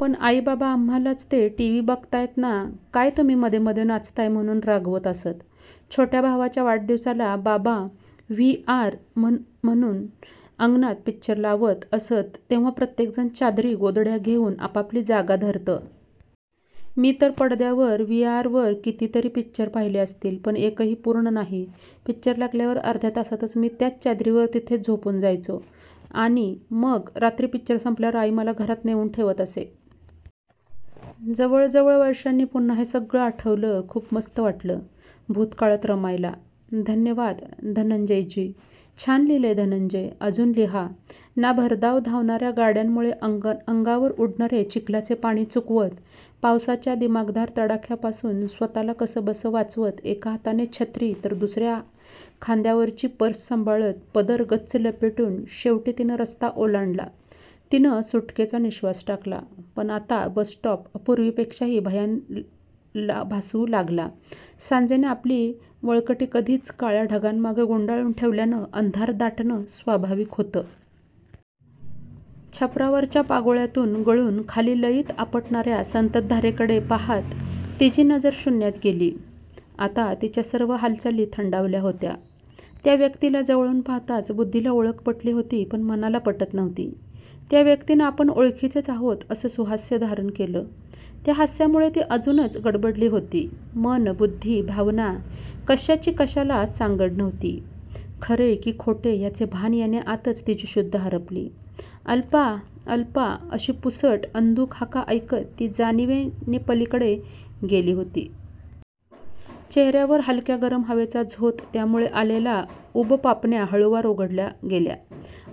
पण आईबाबा आम्हालाच 'ते टिव्ही बघतायत ना काय तुम्ही मधेमधे नाचताय' म्हणुन रागवत असत. छोट्या भावाच्या वाढदिवसाला बाबा व्हि. आर आणुन अंगणात 'पिक्चर' लावत असत तेव्हा प्रत्येकजण चादरी गोधड्या घेऊन आपआपली जागा धरत. मी तर पडद्यावर, व्हि. आर वर कितीतरी 'पिक्चर' पाहिले असतील पण एकही पुर्ण नाही 'पिक्चर' लागल्यावर अर्ध्यातासातच मी त्याच चादरीवर तिथेच झोपुन जायचे मग रात्री 'पिक्चर' संपल्यावर आई मला घरात नेऊन ठेवत असे. जवळजवळ वर्षांनी पुन्हा हे सगळं आठवलं, खुप मस्त वाटलं भुतकाळात रमायला. धन्यवाद धनंजयजी. छान लिहिलंय धनंजय. अजुन लिहा नाभरधाव धावणार्या गाड्यांमुळे अंगावर उडणारे चिखलाचे पाणी चुकवत, पावसाच्या दिमाखदार तडाख्यापासून स्वतःला कसंबसं वाचवत, एका हाताने छत्री तर दुसर्या खांद्यावरची पर्स सांभाळत पदर गच्च लपेटून शेवटी तिने रस्ता ओलांडलातिनं सुटकेचा नि:श्वास टाकला, पण आता बसस्टॉप पूर्वीपे़क्षाही भयाण भासू लागला, सांजेने आपली वळकटी कधीच काळ्या ढगांमागे गुंडाळून ठेवल्याने अंधार दाटणं स्वाभाविक होतं! छपरावरच्या पागोळ्यातून गळून खाली लयीत आपटणार्या संततधारेकडे पहात तिची नजर शून्यात गेलीआता तिच्या सर्व हालचाली थंडावल्या होत्यात्या व्यक्तीला जवळून पाहताच, बुद्धीला ओळख पटली होतीपण मनाला पटत नव्हतंत्या व्यक्तीनं 'आपण ओळखीचेच आहोत' असे सुहास्य धारण केलं होतं, त्या हास्यामुळे ती अजून गडबडली होती, मन- बुद्धी- भावना कशाची कशाला सांगड नव्हती, खरे की खोटे ह्याचे भान येण्याआतच तिची शुद्ध हरपली"अल्पा, अल्पा" अशा पुसट, अंधुक हाका ऐकत ती जाणिवे- नेणिवेच्या पलीकडे गेली. चेहर्यावर हलक्या गरम हवेचा झोत त्यामुळे आलेली ऊबपापण्या हळुवार उघडल्या गेल्या..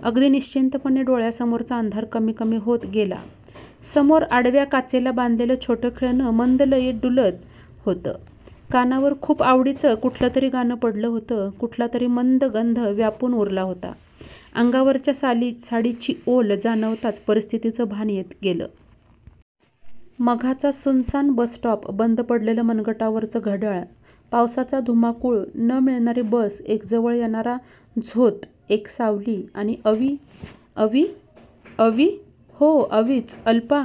अगदी निश्चिंतपणे डोळ्यासमोरचा अंधार कमी कमी होत गेलासमोर आडव्या काचेला बांधलेलं छोटं खेळणं मंद लयीत डुलत होतंकानावर खूप आवडीचं कुठलंतरी गाणं पडत होतंकुठलातरी मंद गंध व्यापून उरला होताअंगावरच्या साडीची ओल जाणवताच परिस्थितीचं भान येत गेलं.. मघाचा सुनसान बसस्टॉप, बंद पडलेलं मनगटावरचं घड्याळ, पावसाचा धुमाकूळ, न मिळणारी बस, एक जवळ येणारा झोतएक सावली.. आणि अवि! अवि?? अवि??? हो अविच! "अल्पा,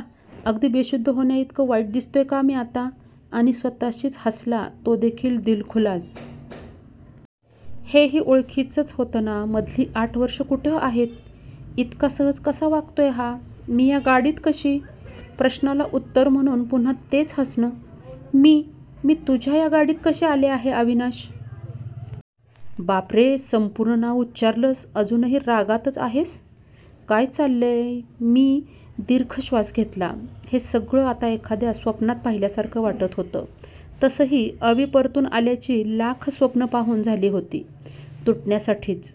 अगदी बेशुद्ध होण्याइतका वाईट दिसतोय का मी आता? " आणि स्वतःशीच हसला तोदिलखुलास..! हे ही ओळखीचंच होतं ना? मधली आठ वर्ष कुठे आहेत? इतका सहज कसा वागतोय हा? "मी ह्या गाडीत कशी? "प्रश्नाला उत्तर म्हणून, पुन्हा तेच हसणं? "मी, तुझ्या ह्या गाडीत कशी आले आहे, अविनाश? ""बापरे, संपूर्ण नाव उच्चारलंस? अजूनही रागातच आहेस? "काय चाललंयमी दीर्घ श्वास घेतला.. हे सगळं आता एखाद्या स्वप्नात पाहिल्यासारखं वाटत होतं, तसंही अवि परतून आल्याची लाख स्वप्नं पाहून झाली होती, तुटण्यासाठीच!